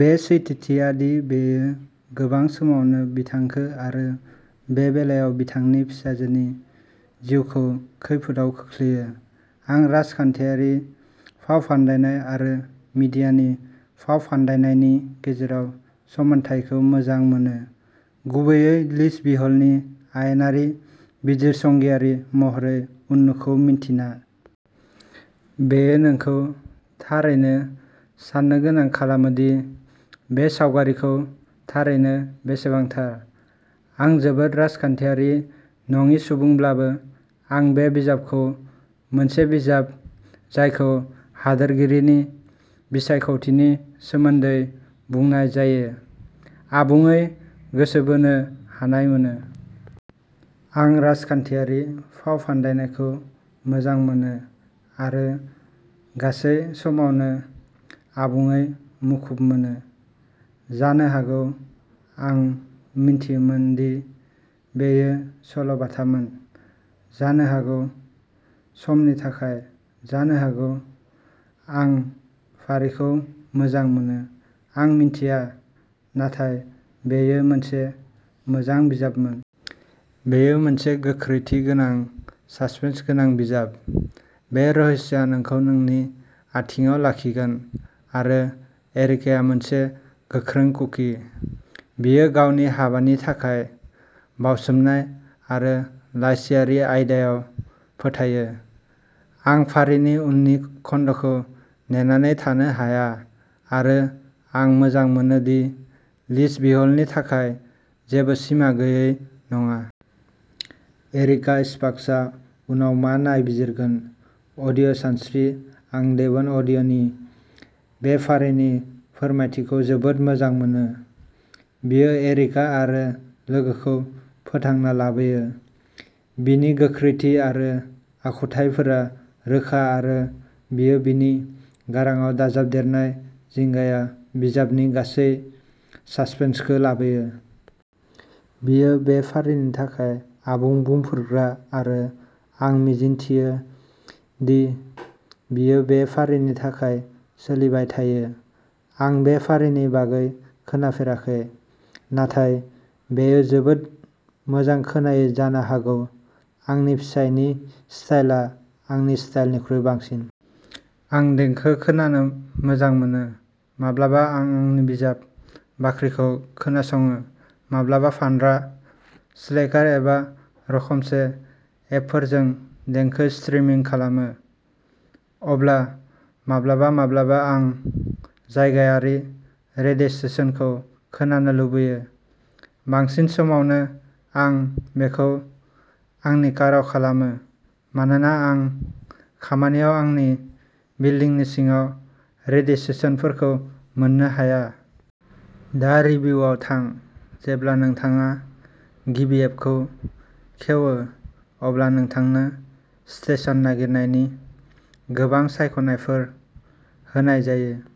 बे सैथोथिया दि बेयो गोबां समावनो बिथांखौ आरो बे बेलायाव बिथांनि फिसाजोनि जिउखौ खैफोदआव खोख्लैयो। आं राजखान्थियारि फावफान्दायनाय आरो मिडियानि फावफान्दायनायनि गेजेराव समानथायखौ मोजां मोनो, गुबैयै लिस विहलनि आयेनारि बिजिरसंगिरि महरै उननुखौ मिन्थिना। बेयो नोंखौ थारैनो साननो गोनां खालामो दि बे सावगारिखौ थारैनो बेसेबां थार। आं जोबोद राजखान्थियारि नङि सुबुंब्लाबो, आं बे बिजाबखौ मोनसे बिजाब जायखौ हादोरगिरिनि बिसायख'थिनि सोमोन्दै बुंनाय जायो। आबुङै गोसो बोनो हानाय मोनो। आं राजखान्थियारि फावफान्दायनायखौ मोजां मोनो आरो गासै समावनो आबुङै मुखुब मोनो। जानो हागौ आं मिथियोमोन दि बेयो सल'बाथामोन, जानो हागौ समनि थाखाय, जानो हागौ आं फारिखौ मोजां मोनो। आं मिथिया, नाथाय बेयो मोनसे मोजां बिजाबमोन। बेयो मोनसे गोख्रैथि गोनां, ससपेन्सगोनां बिजाब। बे रहस्यआ नोंखौ नोंनि आथिंआव लाखिगोन आरो एरिकाया मोनसे गोख्रों कुकि। बियो गावनि हाबानि थाखाय बावसोमनाय आरो लाइसिआरि आयदायाव फोथायो। आं फारिनि उननि खोन्दोखौ नेनानै थानो हाया आरो आं मोजां मोनो दि लिस विहलनि थाखाय जेबो सिमा गैयै नङा। एरिका स्पार्क्सआ उनाव मा नायबिजिरगोन? अडिअ' सानस्रि आं डेभन अ'डेनि बे फारिनि फोरमायथिखौ जोबोद मोजां मोनो। बियो एरिका आरो लोगोखौ फोथांना लाबोयो! बिनि गोख्रैथि आरो आखुथायफोरा रोखा आरो बियो बिनि गारांआव दाजाबदेरनाय जिंगाया बिजाबनि गासै ससपेन्सखौ लाबोयो। बियो बे फारिनि थाखाय आबुं बुंफोरग्रा आरो आं मिजिंथियो दि बियो बे फारिनि थाखाय सोलिबाय थायो। आं बे फारिनि बागै खोनाफेराखै, नाथाय बेयो जोबोद मोजां खोनायो जानो हागौ आंनि फिसायनि स्टाइलआ आंनि स्टाइलनिख्रुइ बांसिन। आं देंखो खोनानो मोजां मोनो। माब्लाबा आं आंनि बिजाब बाख्रिखौ खोनासङो, माब्लाबा पान्ड'रा, स्लेकार एबा रोखोमसे एपफोरजों देंखो स्ट्रिमिं खालामो। अब्ला माब्लाबा माब्लाबा आं जायगायारि रेडिय'स्टेशनखौ खोनानो लुबैयो। बांसिन समावनो आं बेखौ आंनि काराव खालामो मानोना आं खामानियाव आंनि बिल्दिंनि सिङाव रेडिय'स्टेशनफोरखौ मोननो हाया। दा रिभिउआव थां। जेब्ला नोंथाङा गिबि एपखौ खेवो अब्ला नोंथांनो स्टेशन नागिरनायनि गोबां सायख'नायफोर होनाय जायो।